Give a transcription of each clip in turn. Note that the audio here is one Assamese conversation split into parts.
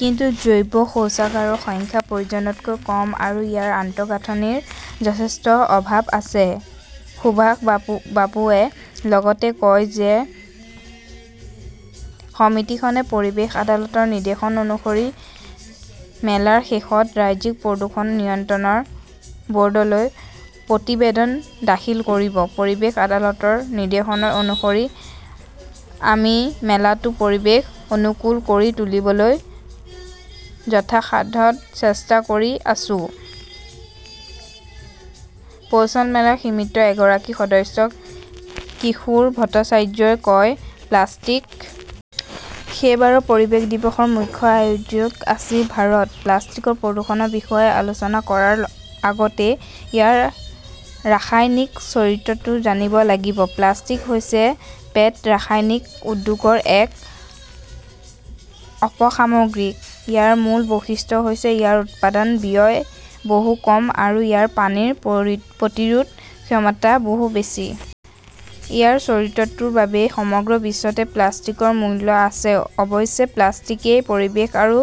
কিন্তু, জৈৱ শৌচাগাৰৰ সংখ্যা প্ৰয়োজনতকৈ কম আৰু ইয়াৰ আন্তঃগাঁথনিৰ যথেষ্ট অভাৱ আছে। সুভাষ বাবুৱে লগতে কয় যে সমিতিখনে পৰিৱেশ আদালতৰ নিৰ্দেশ অনুসৰি মেলাৰ শেষত ৰাজ্যিক প্ৰদূষণ নিয়ন্ত্ৰণ বৰ্ডলৈ প্ৰতিবেদন দাখিল কৰিব। পৰিৱেশ আদালতৰ নিৰ্দেশনা অনুসৰি আমি মেলাটো পৰিৱেশ অনুকূল কৰি তুলিবলৈ যথাসাধ্য চেষ্টা কৰি আছো, পৌছমেলা সমিতিৰ এগৰাকী সদস্য কিশোৰ ভট্টাচাৰ্যই কয়। প্লাষ্টিক 'সেই বাৰৰ পৰিৱেশ দিৱসৰ মুখ্য আয়োজক আছিল ভাৰত। প্লাষ্টিকৰ প্ৰদূষণৰ বিষয়ে আলোচনা কৰাৰ আগতে ইয়াৰ ৰাসায়নিক চৰিত্ৰটো জানিব লাগিব। প্লাষ্টিক হৈছে পেট্ৰ ৰাসায়নিক উদ্যোগৰ এটা উপ-সামগ্ৰী। ইয়াৰ মূল বৈশিষ্ট্য হৈছে ইয়াৰ উৎপাদন ব্যয় বহুত কম আৰু ইয়াৰ পানীৰ প্ৰতিৰোধ ক্ষমতা বহুত বেছি। এই চৰিত্ৰটোৰ বাবেই সমগ্ৰ বিশ্বতে প্লাষ্টিকৰ মূল্য আছে। অৱশ্যে, প্লাষ্টিকই পৰিৱেশ আৰু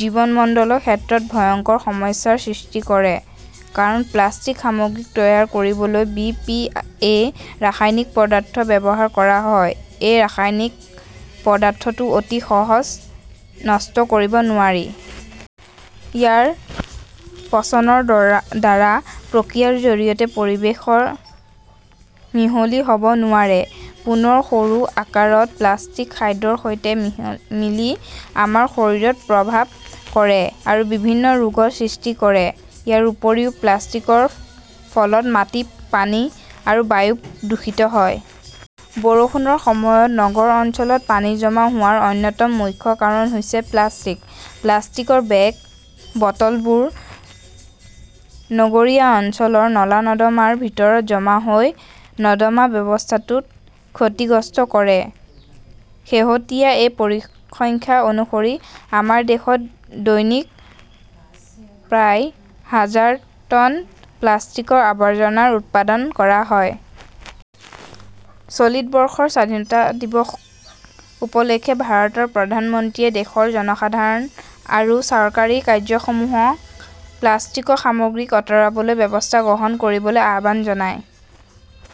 জীৱমণ্ডলৰ ক্ষেত্ৰত ভয়ংকৰ সমস্যাৰ সৃষ্টি কৰে। কাৰণ, প্লাষ্টিকৰ সামগ্ৰী তৈয়াৰ কৰিবলৈ বি. পি. এ. ৰাসায়নিক পদাৰ্থ ব্যৱহাৰ কৰা হয়। এই ৰাসায়নিক পদাৰ্থটো অতি সহজে নষ্ট কৰিব নোৱাৰি। ই পচনৰ দৰে প্ৰক্ৰিয়াৰ জৰিয়তে পৰিৱেশত মিহলি হব নোৱাৰে। পুনৰ সৰু আকাৰত প্লাষ্টিক খাদ্যৰ সৈতে মিলি আমাৰ শৰীৰত প্ৰৱেশ কৰে আৰু বিভিন্ন ৰোগৰ সৃষ্টি কৰে। ইয়াৰ উপৰিও প্লাষ্টিকৰ ফলত মাটি, পানী আৰু বায়ু দূষিত হয়। বৰষুণৰ সময়ত নগৰ অঞ্চলত পানী জমা হোৱাৰ অন্যতম মুখ্য কাৰণ হৈছে প্লাষ্টিক। প্লাষ্টিকৰ বেগ, বটলবোৰ নগৰীয়া অঞ্চলৰ নলা-নৰ্দমাৰ ভিতৰত জমা হৈ নৰ্দমা ব্যৱস্থাটোক ক্ষতিগ্ৰস্ত কৰে। শেহতীয়া এক পৰিসংখ্যা অনুসৰি, আমাৰ দেশত দৈনিক প্ৰায় হাজাৰ টন প্লাষ্টিকৰ আৱৰ্জনা উৎপাদন কৰা হয়। চলিত বৰ্ষৰ স্বাধীনতা দিৱস উপলক্ষে ভাৰতৰ প্ৰধানমন্ত্ৰীয়ে দেশৰ জনসাধাৰণ আৰু চৰকাৰী কাৰ্যালয়সমূহক প্লাষ্টিকৰ সামগ্ৰী আঁতৰাবলৈ ব্যৱস্থা গ্ৰহণ কৰিবলৈ আহ্বান জনায়।